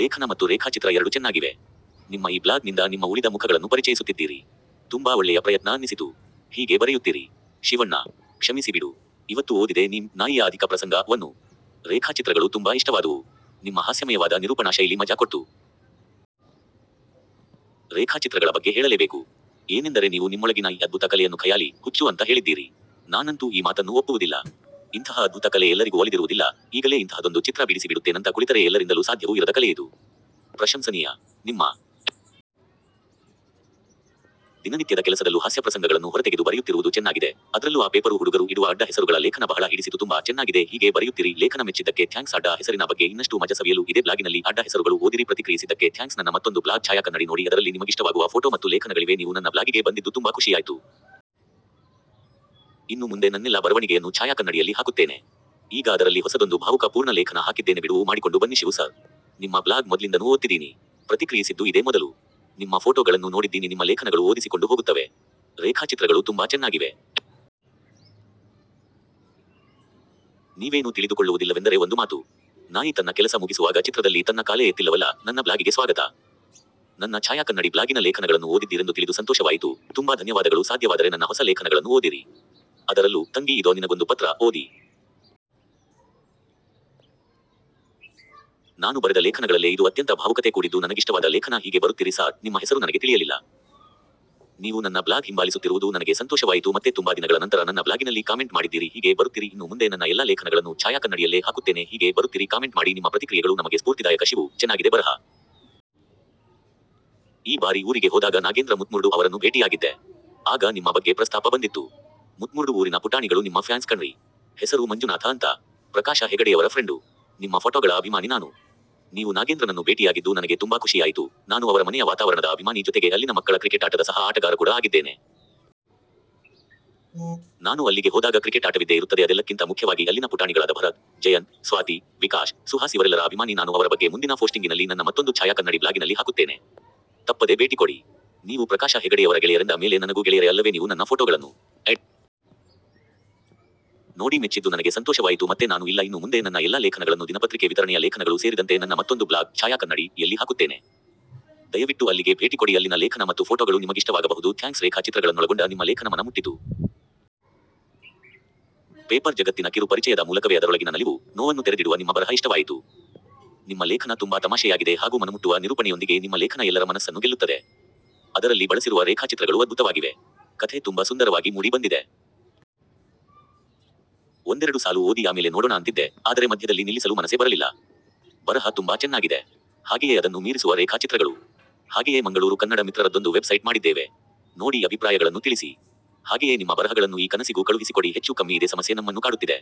ಲೇಖನ ಮತ್ತು ರೇಖಾಚಿತ್ರ ಎರಡು ಚೆನ್ನಾಗಿವೆ. ನಿಮ್ಮ ಈ ಬ್ಲಾಗ್ ನಿಂದ ನಿಮ್ಮ ಉಳಿದ ಮುಖಗಳನ್ನು ಪರಿಚಯಿಸುತ್ತಿದ್ದೀರಿ. ತುಂಬಾ ಒಳ್ಳೆಯ ಪ್ರಯತ್ನ ಅನ್ನಿಸಿತು. ಹೀಗೆ ಬರೆಯುತ್ತಿರಿ. ಶಿವಣ್ಣ.. ಕ್ಷಮಿಸಿಬಿಡು.. ಇವತ್ತು ಓದಿದೆ ನಿಮ್ 'ನಾಯಿಯ ಅಧಿಕ ಪ್ರಸಂಗ'ವನ್ನು. ರೇಖಾಚಿತ್ರಗಳು ತುಂಬಾ ಇಷ್ಟವಾದುವು.. ನಿಮ್ಮ ಹಾಸ್ಯಮಯವಾದ ನಿರೂಪಣಾ ಶೈಲಿ ಮಜಾ ಕೊಡ್ತು. ರೇಖಾಚಿತ್ರಗಳ ಬಗ್ಗೆ ಹೇಳಲೇಬೇಕು. ಏನೆಂದರೆ ನೀವು ನಿಮ್ಮೊಳಗಿನ ಈ ಅಧ್ಬುತ ಕಲೆಯನ್ನು ಖಯಾಲಿ, ಹುಚ್ಚು ಅಂತ ಹೇಳಿದ್ದೀರಿ. ನಾನಂತೂ ಈ ಮಾತನ್ನು ಒಪ್ಪುವುದಿಲ್ಲ. ಇಂಥಹ ಅದ್ಭುತ ಕಲೆ ಎಲ್ಲರಿಗೂ ಒಲಿದಿರುವುದಿಲ್ಲ, ಈಗಲೇ ಇಂಥಹದೊಂದು ಚಿತ್ರ ಬಿಡಿಸಿಬಿಡುತ್ತೇನಂತ ಕುಳಿತರೆ ಎಲ್ಲರಿಂದಲೂ ಸಾಧ್ಯವೂ ಇರದ ಕಲೆಯಿದು. ಪ್ರಶಂಸನೀಯ. ನಿಮ್ಮ ದಿನನಿತ್ಯದ ಕೆಲಸದಲ್ಲೂ ಹಾಸ್ಯಪ್ರಸಂಗಗಳನ್ನು ಹೊರತೆಗೆದು ಬರೆಯುತ್ತಿರುವುದು ಚೆನ್ನಾಗಿದೆ, ಅದ್ರಲ್ಲೂ ಆ ಪೇಪರು ಹುಡುಗರು ಇಡುವ ಅಡ್ಡ ಹೆಸರುಗಳ ಲೇಖನ ಬಹಳ ಹಿಡಿಸಿತುತುಮ್ಬಾ ಚೆನ್ನಾಗಿದೆ ಹೀಗೆ ಬರೆಯುತ್ತಿರಿ ಲೇಖನ ಮೆಚ್ಚಿದ್ದಕ್ಕೆ ಥ್ಯಾಂಕ್ಸ್ ಆಡ್ಡ ಅ ಹೆಸರಿನ ಬಗ್ಗೆ ಇನ್ನಷ್ಟು ಮಜ ಸವಿಯಲು ಇದೇ ಬ್ಲಾಗಿನಲ್ಲಿ ಆಡ್ಡ ಹೆಸರುಗಳು ಓದಿರಿ ಪ್ರತಿಕ್ರಿಯಿಸಿದ್ದಕ್ಕೆ ಥ್ಯಾಂಕ್ಸ್ ನನ್ನ ಮತ್ತೊಂದು ಬ್ಲಾಗ್ ಛಾಯಾಕನ್ನಡಿ ನೋಡಿ ಅದರಲ್ಲಿ ನಿಮಗಿಷ್ಟವಾಗುವ ಫೋಟೋ ಮತ್ತು ಲೇಖನಗಳಿವೆ ನೀವು ನನ್ನ ಬ್ಲಾಗಿಗೆ ಬಂದಿದ್ದೂ ತುಂಬಾ ಖುಷಿಯಾಯ್ತು. ಇನ್ನು ಮುಂದೆ ನನ್ನೆಲ್ಲಾ ಬರವಣಿಗೆಯನ್ನು ಛಾಯಾಕನ್ನಡಿಯಲ್ಲಿ ಹಾಕುತ್ತೇನೆ. ಈಗ ಅದರಲ್ಲಿ ಹೊಸದೊಂದು ಭಾವುಕ ಪೂರ್ಣ ಲೇಖನ ಹಾಕಿದ್ದೇನೆಬಿಡುವು ಮಾಡಿಕೊಂಡು ಬನ್ನಿಶಿವು ಸರ್! ನಿಮ್ಮ ಬ್ಲಾಗ್ ಮೊದ್ಲಿಂದನೂ ಓದ್ತಿದೀನಿ. ಪ್ರತಿಕ್ರಿಯಿಸಿದ್ದು ಇದೇ ಮೊದಲು. ನಿಮ್ಮ ಫೋಟೋ ಗಳನ್ನೂ ನೋಡಿದ್ದೀನಿ ನಿಮ್ಮ ಲೇಖನಗಳು ಓದಿಸಿಕೊಂಡು ಹೋಗುತ್ತವೆ. ರೇಖಾಚಿತ್ರಗಳು ತುಂಬಾ ಚೆನ್ನಾಗಿವೆ. ನೀವೇನೂ ತಿಳಿದುಕೊಳ್ಳುವುದಿಲ್ಲವೆಂದರೆ ಒಂದು ಮಾತು. ನಾಯಿ ತನ್ನ ಕೆಲಸ ಮುಗಿಸುವಾಗ ಚಿತ್ರದಲ್ಲಿ ತನ್ನ ಕಾಲೇ ಎತ್ತಿಲ್ಲವಲ್ಲ?:- ನನ್ನ ಬ್ಲಾಗಿಗೆ ಸ್ವಾಗತ. ನನ್ನ ಛಾಯಾಕನ್ನಡಿ ಬ್ಲಾಗಿನ ಲೇಖನಗಳನ್ನು ಓದಿದ್ದೀರೆಂದು ತಿಳಿದು ಸಂತೋಷವಾಯಿತು, ತುಂಬಾ ಧನ್ಯವಾದಗಳು ಸಾದ್ಯವಾದರೆ ನನ್ನ ಹೊಸ ಲೇಖನಗಳನ್ನು ಓದಿರಿ. ಅದರಲ್ಲೂ "ತಂಗಿ ಇದೊ ನಿನಗೊಂದು ಪತ್ರ" ಓದಿ. ನಾನು ಬರೆದ ಲೇಖನಗಳಲ್ಲೇ ಇದು ಅತ್ಯಂತ ಭಾವುಕತೆ ಕೂಡಿದ್ದು ನನಗಿಷ್ಟವಾದ ಲೇಖನ ಹೀಗೆ ಬರುತ್ತಿರಿ ಸಾರ್, ನಿಮ್ಮ ಹೆಸರು ನನಗೆ ತಿಳಿಯಲಿಲ್ಲ. ನೀವು ನನ್ನ ಬ್ಲಾಗ್ ಹಿಂಬಾಲಿಸುತ್ತಿರುವುದು ನನಗೆ ಸಂತೋಷವಾಯಿತು ಮತ್ತೆ ತುಂಬಾ ದಿನಗಳ ನಂತರ ನನ್ನ ಬ್ಲಾಗಿನಲ್ಲಿ ಕಾಮೆಂಟ್ ಮಾಡಿದ್ದೀರಿ ಹೀಗೆ ಬರುತ್ತಿರಿ ಇನ್ನು ಮುಂದೆ ನನ್ನ ಎಲ್ಲಾ ಲೇಖನಗಳನ್ನು ಛಾಯಾಕನ್ನಡಿಯಲ್ಲೇ ಹಾಕುತ್ತೇನೆ ಹೀಗೆ ಬರುತ್ತಿರಿ ಕಾಮೆಂಟ್ ಮಾಡಿ ನಿಮ್ಮ ಪ್ರತಿಕ್ರಿಯೆಗಳು ನಮಗೆ ಸ್ಪೂರ್ತಿದಾಯಕ ಶಿವು, ಚೆನಾಗಿದೆ ಬರಹ. ಈ ಬಾರಿ ಊರಿಗೆ ಹೋದಾಗ ನಾಗೇಂದ್ರ ಮುತ್ಮುರ್ಡು ಅವರನ್ನು ಭೇಟಿ ಆಗಿದ್ದೆ. ಆಗ ನಿಮ್ಮ ಬಗ್ಗೆ ಪ್ರಸ್ತಾಪ ಬಂದಿತ್ತು. ಮುತ್ಮುರ್ಡು ಊರಿನ ಪುಟಾಣಿಗಳು ನಿಮ್ಮ ಫ್ಯಾನ್ಸ್ ಕಣ್ರೀ! ಹೆಸರು ಮಂಜುನಾಥ ಅಂತ.. ಪ್ರಕಾಶ ಹೆಗಡೆಯವರ ಫ್ರೆಂಡು. ನಿಮ್ಮ ಫೊಟೊಗಳ ಅಭಿಮಾನಿ ನಾನು. ನೀವು ನಾಗೇಂದ್ರನನ್ನು ಬೇಟಿಯಾಗಿದ್ದು ನನಗೆ ತುಂಬಾ ಖುಷಿಯಾಯಿತು, ನಾನು ಅವರ ಮನೆಯ ವಾತಾವರಣದ ಅಭಿಮಾನಿ ಜೊತೆಗೆ ಅಲ್ಲಿನ ಮಕ್ಕಳ ಕ್ರಿಕೆಟ್ ಆಟದ ಸಹ ಆಟಗಾರಕೂಡ ಆಗಿದ್ದೇನೆ. ನಾನು ಅಲ್ಲಿಗೆ ಹೋದಾಗ ಕ್ರಿಕೆಟ್ ಆಟವಿದ್ದೇ ಇರುತ್ತದೆ ಅದೆಲ್ಲಕ್ಕಿಂತ ಮುಖ್ಯವಾಗಿ ಅಲ್ಲಿನ ಪುಟಾಣಿಗಳಾದ ಭರತ್, ಜಯಂತ್, ಸ್ವಾತಿ, ವಿಕಾಶ್, ಸುಹಾಸ್ ಇವರೆಲ್ಲರ ಅಭಿಮಾನಿ ನಾನು ಅವರ ಬಗ್ಗೆ ಮುಂದಿನ ಫೋಷ್ಟಿಂಗಿನಲ್ಲಿ ನನ್ನ ಮತ್ತೊಂದು ಛಾಯಾ ಕನ್ನಡಿ ಬ್ಲಾಗಿನಲ್ಲಿ ಹಾಕುತ್ತೇನೆ. ತಪ್ಪದೆ ಬೇಟಿಕೊಡಿ. ನೀವು ಪ್ರಕಾಶ ಹೆಗಡೆಯವರ ಗೆಳೆಯರೆಂದ ಮೇಲೆ ನನಗೂ ಗೆಳೆಯರೆ ಅಲ್ಲವೇ ನೀವು ನನ್ನ ಫೋಟೋಗಳನ್ನು. ನೋಡಿ ಮೆಚ್ಚಿದ್ದು ನನಗೆ ಸಂತೋಷವಾಯಿತು ಮತ್ತೆ ನಾನು ಇಲ್ಲ ಇನ್ನು ಮುಂದೆ ನನ್ನ ಎಲ್ಲಾ ಲೇಖನಗಳನ್ನು ದಿನಪತ್ರಿಕೆ ವಿತರಣೆಯ ಲೇಖನಗಳು ಸೇರಿದಂತೆ ನನ್ನ ಮತ್ತೊಂದು ಬ್ಲಾಗ್ "ಛಾಯಾಕನ್ನಡಿ" ಯಲ್ಲಿ ಹಾಕುತ್ತೇನೆ. ದಯವಿಟ್ಟು ಅಲ್ಲಿಗೆ ಭೇಟಿಕೊಡಿ ಅಲ್ಲಿನ ಲೇಖನ ಮತ್ತು ಫೋಟೊಗಳು ನಿಮಗಿಷ್ಟವಾಗಬಹುದು ಥ್ಯಾಂಕ್ಸ್ ರೇಖಾ ಚಿತ್ರಗಳನ್ನೊಳಗೊಂಡ ನಿಮ್ಮ ಲೇಖನ ಮನ ಮುಟ್ಟಿತು. ಪೇಪರ್ ಜಗತ್ತಿನ ಕಿರು ಪರಿಚಯದ ಮೂಲಕವೇ ಅದರೊಳಗಿನ ನಲಿವು, ನೋವನ್ನು ತೆರೆದಿಡುವ ನಿಮ್ಮ ಬರಹ ಇಷ್ಟವಾಯಿತು. ನಿಮ್ಮ ಲೇಖನ ತುಂಬಾ ತಮಾಷೆಯಾಗಿದೆ ಹಾಗೂ ಮನಮುಟ್ಟುವ ನಿರೂಪಣೆಯೊಂದಿಗೆ ನಿಮ್ಮ ಲೇಖನ ಎಲ್ಲರ ಮನಸ್ಸನ್ನು ಗೆಲ್ಲುತ್ತದೆ. ಅದರಲ್ಲಿ ಬಳಸಿರುವ ರೇಖಾಚಿತ್ರಗಳು ಅದ್ಭುತವಾಗಿವೆ.. ಕಥೆ ತುಂಬ ಸುಂದರವಾಗಿ ಮೂಡಿ ಬಂದಿದೆ. ಒಂದೆರಡು ಸಾಲು ಓದಿ ಆಮೇಲೆ ನೋಡೊಣ ಅಂತಿದ್ದೆ, ಆದರೆ ಮಧ್ಯದಲ್ಲಿ ನಿಲ್ಲಿಸಲು ಮನಸೇ ಬರಲಿಲ್ಲ. ಬರಹ ತುಂಬಾ ಚೆನ್ನಾಗಿದೆ. ಹಾಗೆಯೇ ಅದನ್ನು ಮೀರಿಸುವ ರೇಖಾ ಚಿತ್ರಗಳು. ಹಾಗೆಯೇ ಮಂಗಳೂರು ಕನ್ನಡ ಮಿತ್ರರದ್ದೊಂದು ವೆಬ್ ಸೈಟ್ ಮಾಡಿದ್ದೇವೆ. ನೋಡಿ ಅಭಿಪ್ರಾಯಗಳನ್ನು ತಿಳಿಸಿ. ಹಾಗೆಯೇ ನಿಮ್ಮ ಬರಹಗಳನ್ನು ಈ ಕನಸಿಗೂ ಕಳುಹಿಸಿಕೊಡಿ ಹೆಚ್ಚೂ ಕಮ್ಮಿ ಇದೇ ಸಮಸ್ಯೆ ನಮ್ಮನ್ನೂ ಕಾಡುತ್ತಿದೆ.